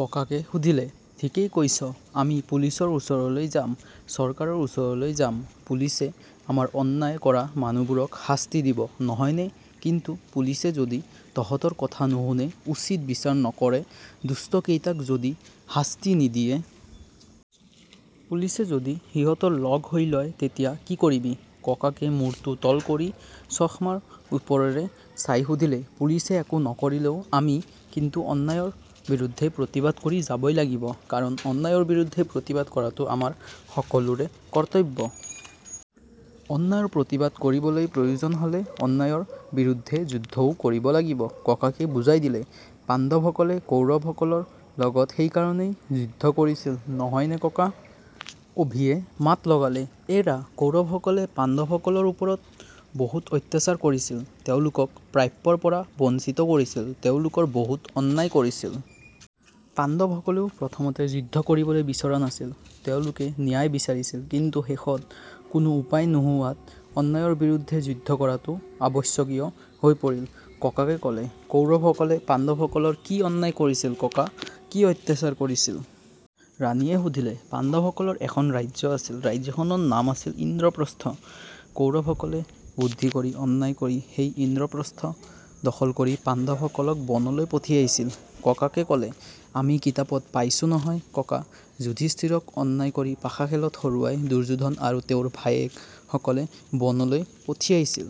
ককাকে সুধিলে। "ঠিকেই কৈছ। আমি পুলিছৰ ওচৰলৈ যাম, চৰকাৰৰ ওচৰলৈ যাম। পুলিছে আমাৰ অন্যায় কৰা মানুহবোৰক শাস্তি দিব নহয়নে"? "কিন্তু পুলিছে যদি তহঁতৰ কথা নুশুনে, উচিত বিচাৰ নকৰে, দুষ্ট কেইটাক যদি শাস্তি নিদিয়ে? পুলিছে যদি সিহঁতৰ লগ হৈ লয়, তেতিয়া কি কৰিবি"? ককাকে মূৰটো তল কৰি চশমাৰ ওপৰেৰে চাই সুধিলে। "পুলিছে একো নকৰিলেও আমি কিন্তু অন্যায়ৰ বিৰুদ্ধে প্ৰতিবাদ কৰি যাবই লাগিব। কাৰণ অন্যায়ৰ বিৰুদ্ধে প্ৰতিবাদ কৰাটো আমাৰ সকলোৰে কৰ্তব্য। অন্যায়ৰ প্ৰতিবাদ কৰিবলৈ প্ৰয়োজন হ'লে অন্যায়ৰ বিৰুদ্ধে যুদ্ধও কৰিব লাগিব"। ককাকে বুজাই দিলে। "পাণ্ডৱ সকলে কৌৰৱ সকলৰ লগত সেই কাৰণেই যুদ্ধ কৰিছিল, নহয়নে ককা", অভিয়ে মাত লগালে। "এৰা, কৌৰৱ সকলে পাণ্ডৱ সকলৰ ওপৰত বহুত অত্যাচাৰ কৰিছিল, তেওঁলোকক প্ৰাপ্যৰ পৰা বঞ্চিত কৰিছিল, তেওঁলোকৰ বহুত অন্যায় কৰিছিল। পাণ্ডৱ সকলেও প্ৰথমতে যুদ্ধ কৰিবলৈ বিচৰা নাছিল। তেওঁলোকে ন্যায় বিচাৰিছিল। কিন্তু শেষত কোনো উপায় নোহোৱাত অন্যায়ৰ বিৰুদ্ধে যুদ্ধ কৰাটো আৱশ্যকীয় হৈ পৰিল"। ককাকে ক'লে। "কৌৰৱ সকলে পাণ্ডৱ সকলৰ কি অন্যায় কৰিছিল ককা? কি অত্যাচাৰ কৰিছিল"? ৰাণীয়ে সুধিলে। "পাণ্ডৱ সকলৰ এখন ৰাজ্য আছিল। ৰাজ্যখনৰ নাম আছিল ইন্দ্ৰপ্ৰস্থ। কৌৰৱ সকলে বুদ্ধি কৰি, অন্যায় কৰি সেই ইন্দ্ৰপ্ৰস্থ দখল কৰি পাণ্ডৱ সকলক বনলৈ পঠিয়াইছিল"। ককাকে ক'লে। "আমি কিতাপত পাইছো নহয় ককা। যুধিস্থিৰক অন্যায় কৰি পাশা খেলত হৰুৱাই দুৰ্যোধন আৰু তেওঁৰ ভায়েক সকলে বনলৈ পঠিয়াইছিল।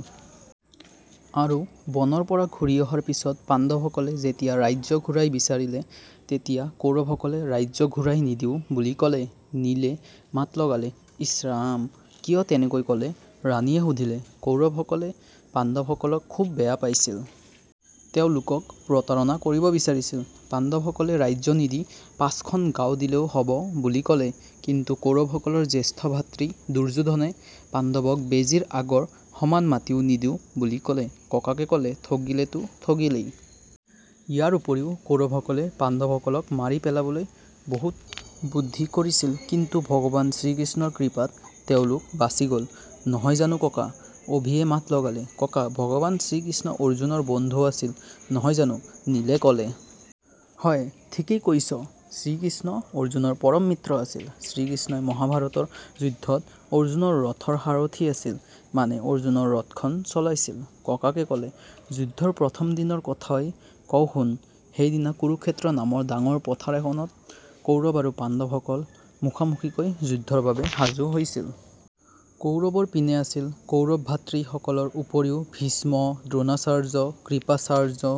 আৰু বনৰ পৰা ঘূৰি অহাৰ পিছত পাণ্ডৱ সকলে যেতিয়া ৰাজ্য ঘূৰাই বিচাৰিলে তেতিয়া কৌৰৱ সকলে ৰাজ্য ঘূৰাই নিদিওঁ বুলি ক'লে", নীলে মাত লগালে। "ইছ ৰাম। কিয় তেনেকৈ ক'লে"? ৰাণীয়ে সুধিলে। "কৌৰৱ সকলে পাণ্ডৱ সকলক খুব বেয়া পাইছিল। তেওঁলোকক প্ৰতাৰণা কৰিব বিচাৰিছিল। পাণ্ডৱ সকলে ৰাজ্য নিদি পাঁচখন গাওঁ দিলেও হ'ব বুলি ক'লে। কিন্তু কৌৰৱ সকলৰ জ্যেষ্ঠ ভাতৃ দুৰ্যোধনে পাণ্ডৱক বেজীৰ আগৰ সমান মাটিও নিদিওঁ বুলি ক'লে"। ককাকে ক'লে "ঠগিলে তো ঠগিলেই। ইয়াৰ উপৰিও কৌৰৱ সকলে পাণ্ডৱ সকলক মাৰি পেলাবলৈ বহুত বুদ্ধি কৰিছিল। কিন্তু ভগৱান শ্ৰীকৃষ্ণৰ কৃপাত তেওঁলোক বাচি গ'ল। নহয় জানো ককা", অভিয়ে মাত লগালে। "ককা, ভগৱান শ্ৰীকৃষ্ণ অৰ্জুনৰ বন্ধু আছিল, নহয় জানো"? নীলে ক'লে। "হয়, ঠিকেই কৈছ। শ্ৰীকৃষ্ণ অৰ্জুনৰ পৰম মিত্ৰ আছিল। শ্ৰীকৃষ্ণই মহাভাৰতৰ যুদ্ধত অৰ্জুনৰ ৰথৰ সাৰথি আছিল। মানে অৰ্জুনৰ ৰথখন চলাইছিল"। ককাকে ক'লে। "যুদ্ধৰ প্ৰথম দিনৰ কথাই কওঁ শুন। সেইদিনা কুৰুক্ষেত্ৰ নামৰ ডাঙৰ পথাৰ এখনত কৌৰৱ আৰু পাণ্ডৱ সকল মুখামুখিকৈ যুদ্ধৰ বাবে সাজু হৈছিল। কৌৰৱৰ পিনে আছিল কৌৰৱ ভাতৃ সকলৰ উপৰিও ভীষ্ম, দ্ৰোণাচাৰ্য, কৃপাচাৰ্য,